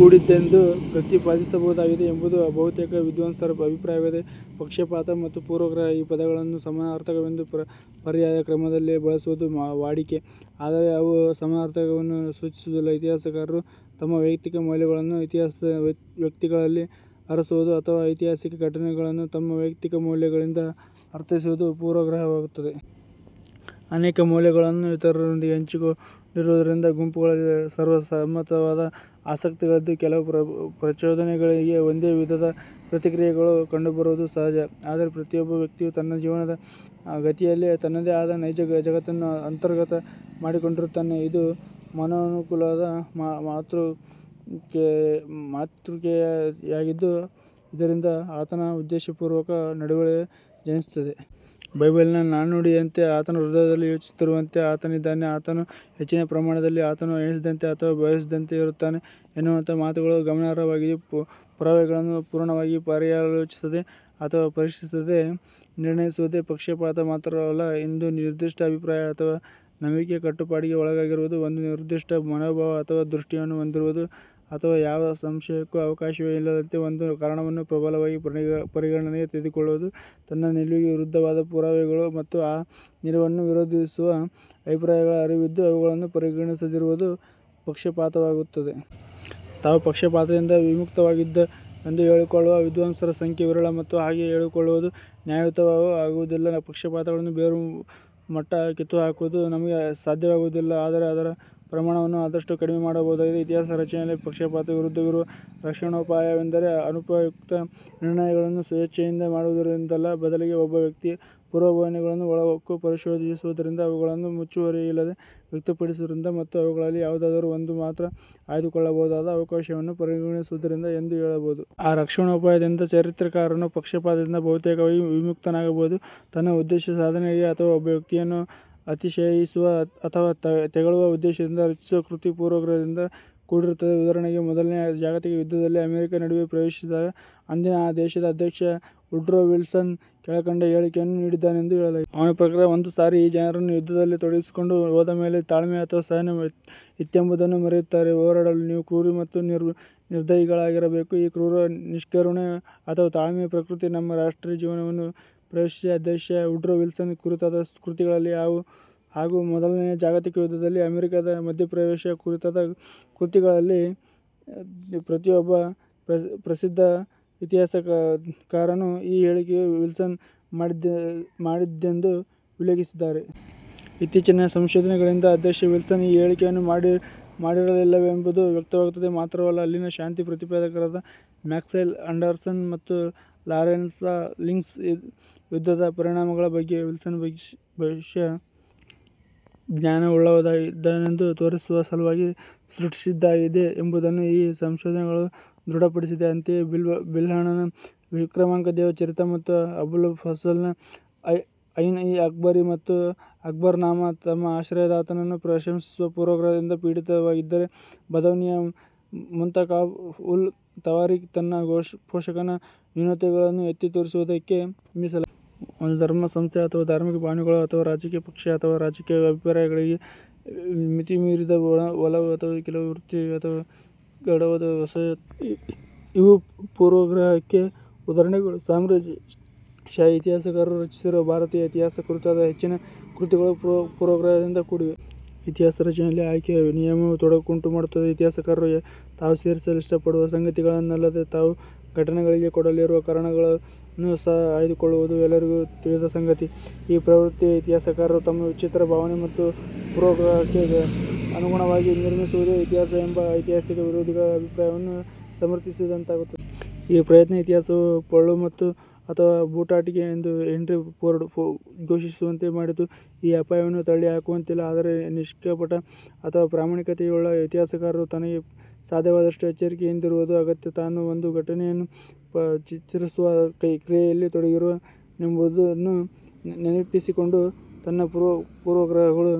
ಕೂಡಿದ್ದೆಂದು ಪ್ರತಿಪಾದಿಸಬಹುದಾಗಿದೆ ಎಂಬುದು ಬಹುತೇಕ ವಿದ್ವಾಂಸರ ಅಭಿಪ್ರಾಯವಾಗಿದೆ. "ಪಕ್ಷಪಾತ" ಮತ್ತು "ಪೂರ್ವಗ್ರಹ" ಈ ಪದಗಳನ್ನು ಸಮಾನಾರ್ಥಕವೆಂದು ಪರ್ಯಾಯ ಕ್ರಮದಲ್ಲಿ ಬಳಸುವುದು ವಾಡಿಕೆ. ಆದರೆ ಅವು ಸಮಾನಾರ್ಥವನ್ನು ಸೂಚಿಸುವುದಿಲ್ಲ. ಇತಿಹಾಸಕಾರರು ತಮ್ಮ ವೈಯಕ್ತಿಕ ಮೌಲ್ಯಗಳನ್ನು ಇತಿಹಾಸದ ವ್ಯಕ್ತಿಗಳಲ್ಲಿ ಅರಸುವುದು ಅಥವಾ ಐತಿಹಾಸಿಕ ಘಟನೆಗಳನ್ನು ತಮ್ಮ ವೈಯಕ್ತಿಕ ಮೌಲ್ಯಗಳಿಂದ ಅರ್ಥೈಸುವುದು ಪೂರ್ವಗ್ರಹವಾಗುತ್ತದೆ. ಅನೇಕ ಮೌಲ್ಯಗಳನ್ನು ಇತರರೊಂದಿಗೆ ಹಂಚಿಕೊಂಡಿರುವುದರಿಂದ, ಗುಂಪುಗಳಲ್ಲಿ ಸರ್ವಸಮ್ಮತವಾದ ಆಸಕ್ತಿಗಳಿದ್ದು ಕೆಲವು ಪ್ರಚೋದನೆಗಳಿಗೆ ಒಂದೇ ವಿಧದ ಪ್ರತಿಕ್ರಿಯೆಗಳು ಕಂಡುಬರುವುದು ಸಹಜ. ಆದರೆ ಪ್ರತಿಯೊಬ್ಬ ವ್ಯಕ್ತಿಯೂ ತನ್ನ ಜೀವನದ ಗತಿಯಲ್ಲಿ ತನ್ನದೇ ಆದ ನೈಜ ಜಗತ್ತನ್ನು ಅಂತರ್ಗತ ಮಾಡಿಕೊಂಡಿರುತ್ತಾನೆ. ಇದು ಮನೋನುಕೂಲದ ಮಾತೃಕೆಯಾಗಿದ್ದು ಇದರಿಂದ ಆತನ ಉದ್ದೇಶಪೂರ್ವಕ ನಡೆವಳಿ ಜನಿಸುತ್ತದೆ. ಬೈಬಲ್ಲಿನ ನಾಣ್ಣುಡಿಯಂತೆ, "ಆತನ ಹೃದಯಲ್ಲಿ ಯೋಚಿಸುತ್ತಿರುವಂತೆ ಆತನಿದ್ದಾನೆ". "ಆತನು ಹೆಚ್ಚಿನ ಪರಿಣಾಮದಲ್ಲಿ ಆತನು ಎಣಿಸಿದಂತೆ ಅಥವಾ ಭಾವಿಸಿದಂತೆ ಇರುತ್ತಾನೆ" ಎನ್ನುವಂತಹ ಮಾತುಗಳು ಗಮನಾರ್ಹವಾಗಿವೆ. ಪುರಾವೆಗಳನ್ನು ಪೂರ್ಣವಾಗಿ ಪರ್ಯಾಲೋಚಿಸದೆ ಅಥವಾ ಪರೀಕ್ಷಿಸದೆ ನಿರ್ಣಯಿಸುವುದೇ ಪಕ್ಷಪಾತ. ಮಾತ್ರವಲ್ಲ, ಇಂದು ನಿರ್ದಿಷ್ಟ ಅಭಿಪ್ರಾಯ ಅಥವಾ ನಂಬಿಕೆಯ ಕಟ್ಟುಪಾಡಿಗೆ ಒಳಗಾಗಿರುವುದು, ಒಂದು ನಿರ್ದಿಷ್ಟ ಮನೋಭಾವ ಅಥವಾ ದೃಷ್ಟಿಯನ್ನು ಹೊಂದಿರುವುದು ಅಥವಾ ಯಾವ ಸಂಶಯಕ್ಕೂ ಅವಕಾಶವೇ ಇಲ್ಲದಂತೆ ಒಂದು ಕಾರಣವನ್ನು ಪ್ರಬಲವಾಗಿ ಪರಿಗಣನೆಗೆ ತೆಗೆದುಕೊಳ್ಳುವುದು, ತನ್ನ ನಿಲುವಿಗೆ ವಿರುದ್ಧವಾದ ಪುರಾವೆಗಳು ಮತ್ತು ಆ ನಿಲುವನ್ನು ವಿರೋಧಿಸುವ ಅಭಿಪ್ರಾಯಗಳ ಅರಿವಿದ್ದೂ ಅವುಗಳನ್ನು ಪರಿಗಣಿಸದಿರುವುದು ಪಕ್ಷಪಾತವಾಗುತ್ತದೆ. ತಾವು ಪಕ್ಷಪಾತದಿಂದ ವಿಮುಕ್ತವಾಗಿದ್ದೇವೆಂದು ಹೇಳಿಕೊಳ್ಳುವ ವಿದ್ವಾಂಸರ ಸಂಖ್ಯೆ ವಿರಳ ಮತ್ತು ಹಾಗೆ ಹೇಳಿಕೊಳ್ಳುವುದು ನ್ಯಾಯಯುತವೂ ಆಗುವುದಿಲ್ಲ. ಪಕ್ಷಪಾತಗಳನ್ನು ಬೇರುಮಟ್ಟ ಕಿತ್ತುಹಾಕುವುದು ನಮಗೆ ಸಾಧ್ಯವಾಗುವುದಿಲ್ಲ. ಆದರೆ ಅದರ ಪ್ರಮಾಣವನ್ನು ಆದಷ್ಟು ಕಡಿಮೆ ಮಾಡಬಹುದಾಗಿದೆ. ಇತಿಹಾಸ ರಚನೆಯಲ್ಲಿ ಪಕ್ಷಪಾತ ವಿರುದ್ಧವಿರುವ ರಕ್ಷಣೋಪಾಯವೆಂದರೆ ಅನುಪಯುಕ್ತ ನಿರ್ಣಯಗಳನ್ನು ಸ್ವೇಚ್ಛೆಯಿಂದ ಮಾಡುವುದರಿಂದಲ್ಲ. ಬದಲಿಗೆ ಒಬ್ಬ ವ್ಯಕ್ತಿಯ ಪೂರ್ವಭಾವನೆಗಳನ್ನು ಒಳಹೊಕ್ಕು ಪರಿಶೋಧಿಸುವುದರಿಂದ, ಅವುಗಳನ್ನು ಮುಚ್ಚುಮರೆಯಿಲ್ಲದೆ ವ್ಯಕ್ತಪಡಿಸುವುದರಿಂದ ಮತ್ತು ಅವುಗಳಲ್ಲಿ ಯಾವುದಾದರೂ ಒಂದು ಮಾತ್ರ ಆಯ್ದುಕೊಳ್ಳಬಹುದಾದ ಅವಕಾಶವನ್ನು ಪರಿಗಣಿಸುವುದರಿಂದ ಎಂದು ಹೇಳಬಹುದು. ಈ ರಕ್ಷಣೋಪಾಯದಿಂದ ಚರಿತ್ರೆಕಾರನು ಪಕ್ಷಪಾತದಿಂದ ಬಹುತೇಕವಾಗಿ ವಿಮುಕ್ತನಾಗಬಹುದು. ತನ್ನ ಉದ್ದೇಶ ಸಾಧನೆಗಾಗಿ ಅಥವಾ ಒಬ್ಬ ವ್ಯಕ್ತಿಯನ್ನು ಅತಿಶಯಿಸುವ ಅಥವಾ ತೆಗಳುವ ಉದ್ದೇಶದಿಂದ ರಚಿಸುವ ಕೃತಿ ಪೂರ್ವಗ್ರಹದಿಂದ ಕೂಡಿರುತ್ತದೆ. ಉದಾಹರಣೆಗೆ, ಮೊದಲನೆಯ ಜಾಗತಿಕ ಯುದ್ಧದಲ್ಲಿ ಅಮೆರಿಕಾ ನಡುವೆ ಪ್ರವೇಶಿಸಿದಾಗ ಅಂದಿನ ಆ ದೇಶದ ಅಧ್ಯಕ್ಷ ವುಡ್ರೋ ವಿಲ್ಸನ್ ಕೆಳಕಂಡ ಹೇಳಿಕೆಯನ್ನು ನೀಡಿದ್ದಾನೆಂದು ಹೇಳಲಾಗಿದೆ. ಅವನ ಪ್ರಕಾರ, ಒಂದು ಸಾರಿ ಈ ಜನರನ್ನು ಯುದ್ಧದಲ್ಲಿ ತೊಡಗಿಸಿಕೊಂಡು ಹೋದ ಮೇಲೆ ತಾಳ್ಮೆ ಅಥವಾ ಸಹನೆ ಇತ್ತೆಂಬುದನ್ನು ಮರೆಯುತ್ತಾರೆ. ಹೋರಾಡಲು ನೀವು ಕ್ರೂರಿ ಮತ್ತು ನಿರ್ದಯಿಗಳಾಗಿರಬೇಕು. ಈ ಕ್ರೂರ ನಿಷ್ಕರುಣೆ ಅಥವಾ ತಾಳ್ಮೆಯ ಪ್ರಕೃತಿ ನಮ್ಮ ರಾಷ್ಟ್ರೀಯ ಜೀವನವನ್ನು ಪ್ರವೇಶಿಸಿ, ಅಧ್ಯಕ್ಷ ವುಡ್ರೋವಿಲ್ಸನ್ ಕುರಿತಾದ ಕೃತಿಗಳಲ್ಲಿ ಹಾಗೂ ಮೊದಲನೆಯ ಜಾಗತಿಕ ಯುದ್ಧದಲ್ಲಿ ಅಮೆರಿಕಾದ ಮಧ್ಯಪ್ರವೇಶ ಕುರಿತಾದ ಕೃತಿಗಳಲ್ಲಿ ಪ್ರತಿಯೊಬ್ಬ ಪ್ರಸಿದ್ಧ ಇತಿಹಾಸಕಾರನು ಈ ಹೇಳಿಕೆಯು ವಿಲ್ಸನ್ ಮಾಡಿದ್ದೆಂದು ಉಲ್ಲೇಖಿಸಿದ್ದಾರೆ. ಇತ್ತೀಚಿನ ಸಂಶೋಧನೆಗಳಿಂದ ಅಧ್ಯಕ್ಷ ವಿಲ್ಸನ್ ಆ ಹೇಳಿಕೆಯನ್ನು ಮಾಡಿರಲಿಲ್ಲವೆಂಬುದು ವ್ಯಕ್ತವಾಗುತ್ತದೆ. ಮಾತ್ರವಲ್ಲ, ಅಲ್ಲಿನ ಶಾಂತಿ ಪ್ರತಿಪಾದಕರಾದ ಮ್ಯಾಕ್ಸ್ವೆಲ್ ಆಂಡರ್ಸನ್ ಮತ್ತು ಲಾರೆನ್ಸ್ಸ್ಟಾಲಿಂಗ್ಸ್ ಯುದ್ಧದ ಪರಿಣಾಮಗಳ ಬಗ್ಗೆ ವಿಲ್ಸನ್ ಭವಿಷ್ಯ ಜ್ಞಾನವುಳ್ಳವನಾಗಿದ್ದನೆಂದು ತೋರಿಸುವ ಸಲುವಾಗಿ ಸೃಷ್ಟಿಸಿದ್ದಾಗಿದೆ ಎಂಬುದನ್ನು ಈ ಸಂಶೋಧನೆಗಳು ದೃಢಪಡಿಸಿವೆ. ಅಂತೆಯೇ, ಬಿಲ್ಹಣನ ವಿಕ್ರಮಾಂಕದೇವ ಚರಿತ ಮತ್ತು ಅಬುಲ್ ಫಸಲ್ನ ಐನ್ಇ-ಅಕ್ಬರಿ ಮತ್ತು ಅಕ್ಬರ್ನಾಮ ತಮ್ಮ ಆಶ್ರಯದಾತನನ್ನು ಪ್ರಶಂಶಿಸುವ ಪೂರ್ವಗ್ರಹದಿಂದ ಪೀಡಿತವಾಗಿದ್ದರೆ ಬದೌನಿಯ ಮುಂತಕಾಬ್-ವುಲ್-ತವಾರಿಕ್ ತನ್ನ ಪೋಷಕನ ನ್ಯೂನತೆಗಳನ್ನು ಎತ್ತಿ ತೋರಿಸುವುದಕ್ಕೆ ಮೀಸಲಾಗಿದೆ. ಒಂದು ಧರ್ಮ ಸಂಸ್ಥೆ ಅಥವಾ ಧಾರ್ಮಿಕ ಭಾವನೆಗಳು, ಅಥವಾ ರಾಜಕೀಯ ಪಕ್ಷ ಅಥವಾ ರಾಜಕೀಯ ಅಭಿಪ್ರಾಯಗಳಿಗೆ ಮಿತಿಮೀರಿದ ಒಲವು, ಅಥವಾ ಕೆಲವು ವೃತ್ತಿ ಅಥವಾ ಗಾಢವಾದ ಅಸಹ್ಯತೆ ಇವೂ ಪೂರ್ವಗ್ರಹಕ್ಕೆ ಉದಾಹರಣೆಗಳು. ಸಾಮ್ರಾಜ್ಯಶಾಹಿ ಇತಿಹಾಸಕಾರರು ರಚಿಸಿರುವ ಭಾರತೀಯ ಇತಿಹಾಸ ಕುರಿತಾದ ಹೆಚ್ಚಿನ ಕೃತಿಗಳು ಪೂರ್ವಗ್ರಹದಿಂದ ಕೂಡಿವೆ. ಇತಿಹಾಸ ರಚನೆಯಲ್ಲಿ ಆಯ್ಕೆಯ ನಿಯಮವು ತೊಡಕುಂಟು ಮಾಡುತ್ತದೆ. ಇತಿಹಾಸಕಾರರು ತಾವು ಸೇರಿಸಲು ಇಷ್ಟಪಡುವ ಸಂಗತಿಗಳನ್ನಲ್ಲದೆ ತಾವು ಘಟನೆಗಳಿಗೆ ಕೊಡಲಿರುವ ಕಾರಣಗಳನ್ನೂ ಸಹ ಆಯ್ದುಕೊಳ್ಳುವುದು ಎಲ್ಲರಿಗೂ ತಿಳಿದ ಸಂಗತಿ. ಈ ಪ್ರವೃತ್ತಿ, ಇತಿಹಾಸಕಾರರು ತಮ್ಮ ವಿಚಿತ್ರ ಭಾವನೆ ಮತ್ತು ಪೂರ್ವಗ್ರಹಕ್ಕೆ ಅನುಗುಣವಾಗಿ ನಿರ್ಮಿಸಿವುದೇ ಇತಿಹಾಸ ಎಂಬ ಇತಿಹಾಸ ವಿರೋಧಿಗಳ ಅಭಿಪ್ರಾಯವನ್ನು ಸಮರ್ಥಿಸಿದಂತಾಗುತ್ತದೆ. ಈ ಪ್ರಯತ್ನ "ಇತಿಹಾಸವು ಪೊಳ್ಳು ಮಾತು ಅಥವಾ ಬೂಟಾಟಿಕೆ" ಎಂದು ಹೆನ್ರಿ ಪೋರ್ಡ್ ಘೋಷಿಸುವಂತೆ ಮಾಡಿತು. ಈ ಅಪಾಯವನ್ನು ತಳ್ಳಿಹಾಕುವಂತಿಲ್ಲ. ಆದರೆ ನಿಷ್ಕಪಟ ಅಥವಾ ಪ್ರಾಮಾಣಿಕತೆಯುಳ್ಳ ಇತಿಹಾಸಕಾರರು ತನಗೆ ಸಾಧ್ಯವಾದಷ್ಟು ಎಚ್ಚರಿಕೆ ಯಿಂದಿರುವುದು ಅಗತ್ಯ. ತಾನು ಒಂದು ಘಟನೆಯನ್ನು ಚಿತ್ರಿಸುವ ಕ್ರಿಯೆಯಲ್ಲಿ ತೊಡಗಿರುವ ನೆಂಬುದನ್ನು ನೆನಪಿಸಿಕೊಂಡು ತನ್ನ ಪೂರ್ವಗ್ರಹಗಳು